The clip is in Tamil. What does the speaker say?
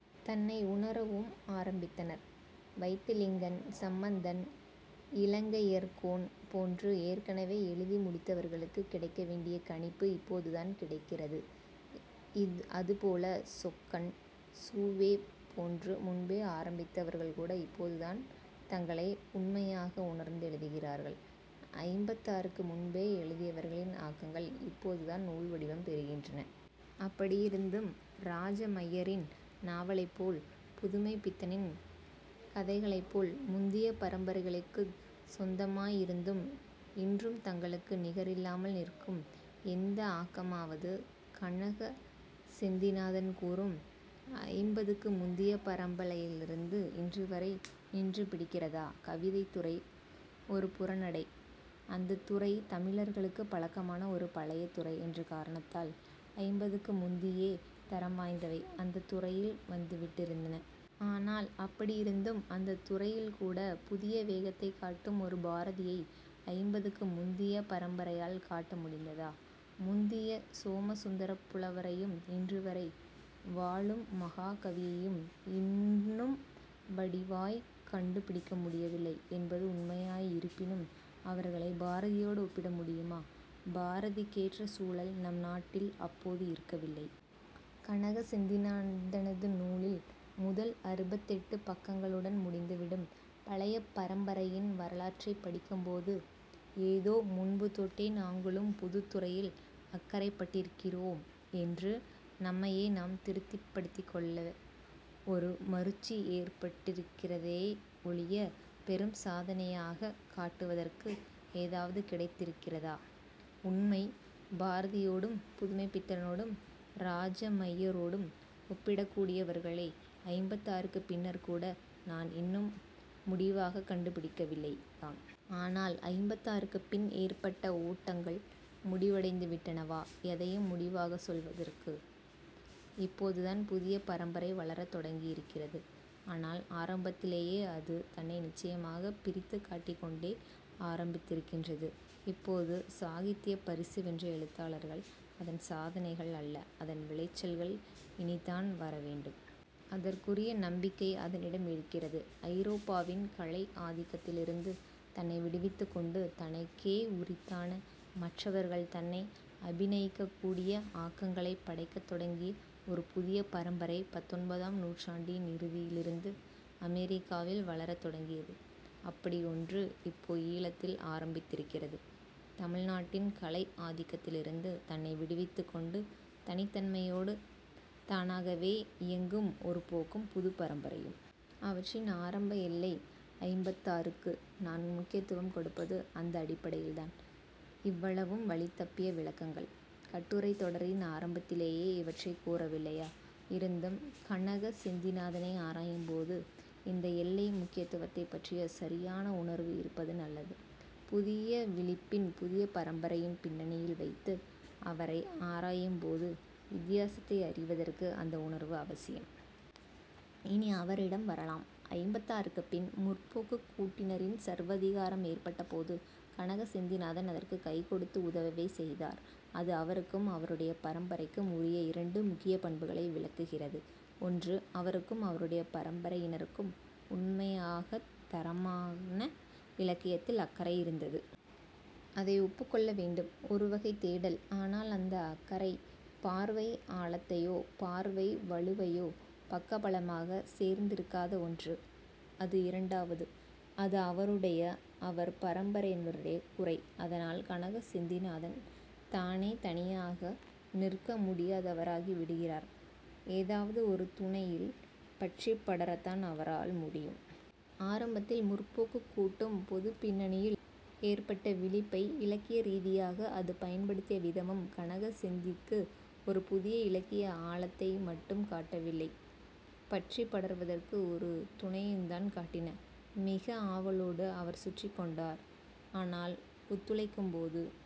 தங்களை உணரவும் ஆரம்பித்தனர். வைத்திலிங்கம், சம்பந்தன், இலங்கையர்கோன் போன்று ஏற்கனவே எழுதி முடித்தவர்களுக்குக் கிடைக்கவேண்டிய கணிப்பு இப்போதுதான் கிடைக்கிறது. அதுபோல சொக்கன், சு. வே. போன்று முன்பே ஆரம்பித்தவர்கள் கூட இப்போதுதான் தங்களை உண்மையாக உணர்ந்து எழுதுகிறார்கள். ஐம்பத்தாறுக்கு முன்பே எழுதியவர்களின் ஆக்கங்கள் இப்போதுதான் நூல்வடிவம் பெறுகின்றன. அப்படி இருந்தும் ராஜமய்யரின் நாவலைப்போல், புதுமைப்பித்தனின் கதைகளைப்போல் முந்திய பரம்பரைகளுக்குச் சொந்தமாய் இருந்தும் இன்றும் தங்களுக்கு நிகரில்லாமல் நிற்கும் எந்த ஆக்கமாவது கனக செந்திநாதன் கூறும் ஐம்பதுக்கு முந்திய பரம்பரையிலிருந்து இன்றுவரை நின்று பிடிக்கிறதா? கவிதைத்துறை ஒரு புறநடை. அந்தத் துறை தமிழர்களுக்குப் பழக்கமான ஒரு பழைய துறை என்ற காரணத்தால் ஐம்பதுக்கு முந்தியே தரம் வாய்ந்தவை அந்தத் துறையில் வந்துவிட்டிருந்தன. ஆனால் அப்படி இருந்தும் அந்தத் துறையில்கூட புதிய வேகத்தைக் காட்டும் ஒரு பாரதியை, ஐம்பதுக்கு முந்திய பரம்பரையால் காட்ட முடிந்ததா? முந்திய சோமசுந்தரப் புலவரையும் இன்றுவரை வாழும் மகாகவியையும் இன்னும் வடிவாய்க் கண்டுபிடிக்கவில்லை என்பது உண்மையாய் இருப்பினும் அவர்களைப் பாரதியோடு ஒப்பிட முடியுமா? பாரதிக்கேற்ற சூழல் நம் நாட்டில் அப்போது இருக்கவில்லை. கனக செந்திநாதனது நூலில் முதல் அறுபத்தெட்டு பக்கங்களுடன் முடிந்துவிடும் பழைய பரம்பரையின் வரலாற்றைப் படிக்கும்போது ஏதோ முன்பு தொட்டே நாங்களும் புதுத்துறைகளில் அக்கறைப்பட்டிருக்கிறோம் என்று நம்மையே நாம் திருப்திப்படுத்திக்கொள்ளும் ஒரு மருட்சி ஏற்பட்டிருக்கிறதே ஒழிய பெரும் சாதனையாகக் காட்டுவதற்கு ஏதாவது கிடைத்திருக்கிறதா? உண்மை, பாரதியோடும் புதுமைப்பித்தனோடும் ராஜமய்யரோடும் ஒப்பிடக்கூடியவர்களை ஐம்பத்தாறுக்குப் பின்னர் கூட நான் இன்னும் முடிவாகக் கண்டுபிடிக்கவில்லைதான். ஆனால் ஐம்பத்தாறுக்குப் பின் ஏற்பட்ட ஓட்டங்கள் முடிவடைந்துவிட்டனவா, எதையும் முடிவாகச் சொல்வதற்கு? இப்போதுதான் புதிய பரம்பரை வளரத் தொடங்கியிருக்கிறது. ஆனால் ஆரம்பத்திலேயே அது தன்னை நிச்சயமாகப் பிரித்துக் காட்டிக்கொண்டே ஆரம்பித்திருக்கின்றது. இப்போ சாகித்தியப் பரிசு வென்ற எழுத்தாளர்கள் அதன் சாதனைகள் அல்ல. அதன் விளைச்சல்கள் இனித்தான் வரவேண்டும். அதற்குரிய நம்பிக்கை அதனிடம் இருக்கிறது. ஐரோப்பாவின் கலை ஆதிக்கத்திலிருந்து தன்னை விடுவித்துக்கொண்டு தனக்கே உரித்தான, மற்றவர்கள் தன்னை அபிநயிக்கக்கூடிய, ஆக்கங்களைப் படைக்கத் தொடங்கிய ஒரு புதிய பரம்பரை பத்தொன்பதாம் நூற்றாண்டின் இறுதியிலிருந்து அமெரிக்காவில் வளரத் தொடங்கியது. அப்படி ஒன்று இப்போ ஈழத்தில் ஆரம்பித்திருக்கிறது. தமிழ்நாட்டின் கலை ஆதிக்கத்திலிருந்து தன்னை விடுவித்துக்கொண்டு தனித்தன்மையோடு தானாகவே இயங்கும் ஒரு போக்கும் புதிய பரம்பரையும்! அவற்றின் ஆரம்ப எல்லை. ஐம்பத்தாறு.க்கு நான் முக்கியத்துவம் கொடுப்பது அந்த அடிப்படையில்தான். இவ்வளவும் வழிதப்பிய விளக்கங்கள். கட்டுரைத் தொடரின் ஆரம்பத்திலேயே இவற்றைக் கூறவில்லையா? இருந்தும் கனக செந்திநாதனை ஆராயும்போது இந்த எல்லை முக்கியத்துவத்தைப்பற்றிய சரியான உணர்வு இருப்பது நல்லது. புதிய விழிப்பின் புதிய பரம்பரையின் பின்னணியில் வைத்து அவரை ஆராயும்போது வித்தியாசத்தை அறிவதற்கு அந்த உணர்வு அவசியம். இனி அவரிடம் வரலாம். ஐம்பத்தாறுக்குப் பின் 'முற்போக்கு'க் கூட்டினரின் சர்வாதிகாரம் ஏற்பட்டபோது கனக செந்திநாதன் அதற்குக் கைகொடுத்து உதவவே செய்தார். அது அவருக்கும் அவருடைய பரம்பரைக்கும் உரிய இரண்டு முக்கிய பண்புகளை விளக்குகிறது. ஒன்று, அவருக்கும் அவருடைய பரம்பரையினருக்கும் உண்மையாகத் தரமான இலக்கியத்தில் அக்கறை இருந்தது. அதை ஒப்புக்கொள்ள வேண்டும். ஒருவகைத் தேடல். ஆனால் அந்த அக்கறை, பார்வை ஆழத்தையோ பார்வை வலுவையையோ பக்கபலமாகச் சேர்ந்திருக்காத ஒன்று. அது இரண்டாவது. அது அவருடைய, அவர் பரம்பரையினுடைய குறை. அதனால் கனக செந்திநாதன் தானே தனியாக நிற்க முடியாதவராகி விடுகிறார். ஏதாவது ஒரு துணையில் பற்றிப் படரத்தான் அவரால் முடியும். ஆரம்பத்தில் முற்போக்குக் கூட்டும், பொதுப் பின்னணியில் ஏற்பட்ட விழிப்பை இலக்கிய ரீதியாக அது பயன்படுத்திய விதமும் கனக செந்திக்கு ஒரு புதிய இலக்கிய ஆழத்தை மட்டும் காட்டவில்லை. பற்றிப் படர்வதற்கு ஒரு துணையையுந்தான் காட்டின. மிக ஆவலோடு அவர் சுற்றிக்கொண்டார். ஆனால் ஒத்துழைக்கும்போது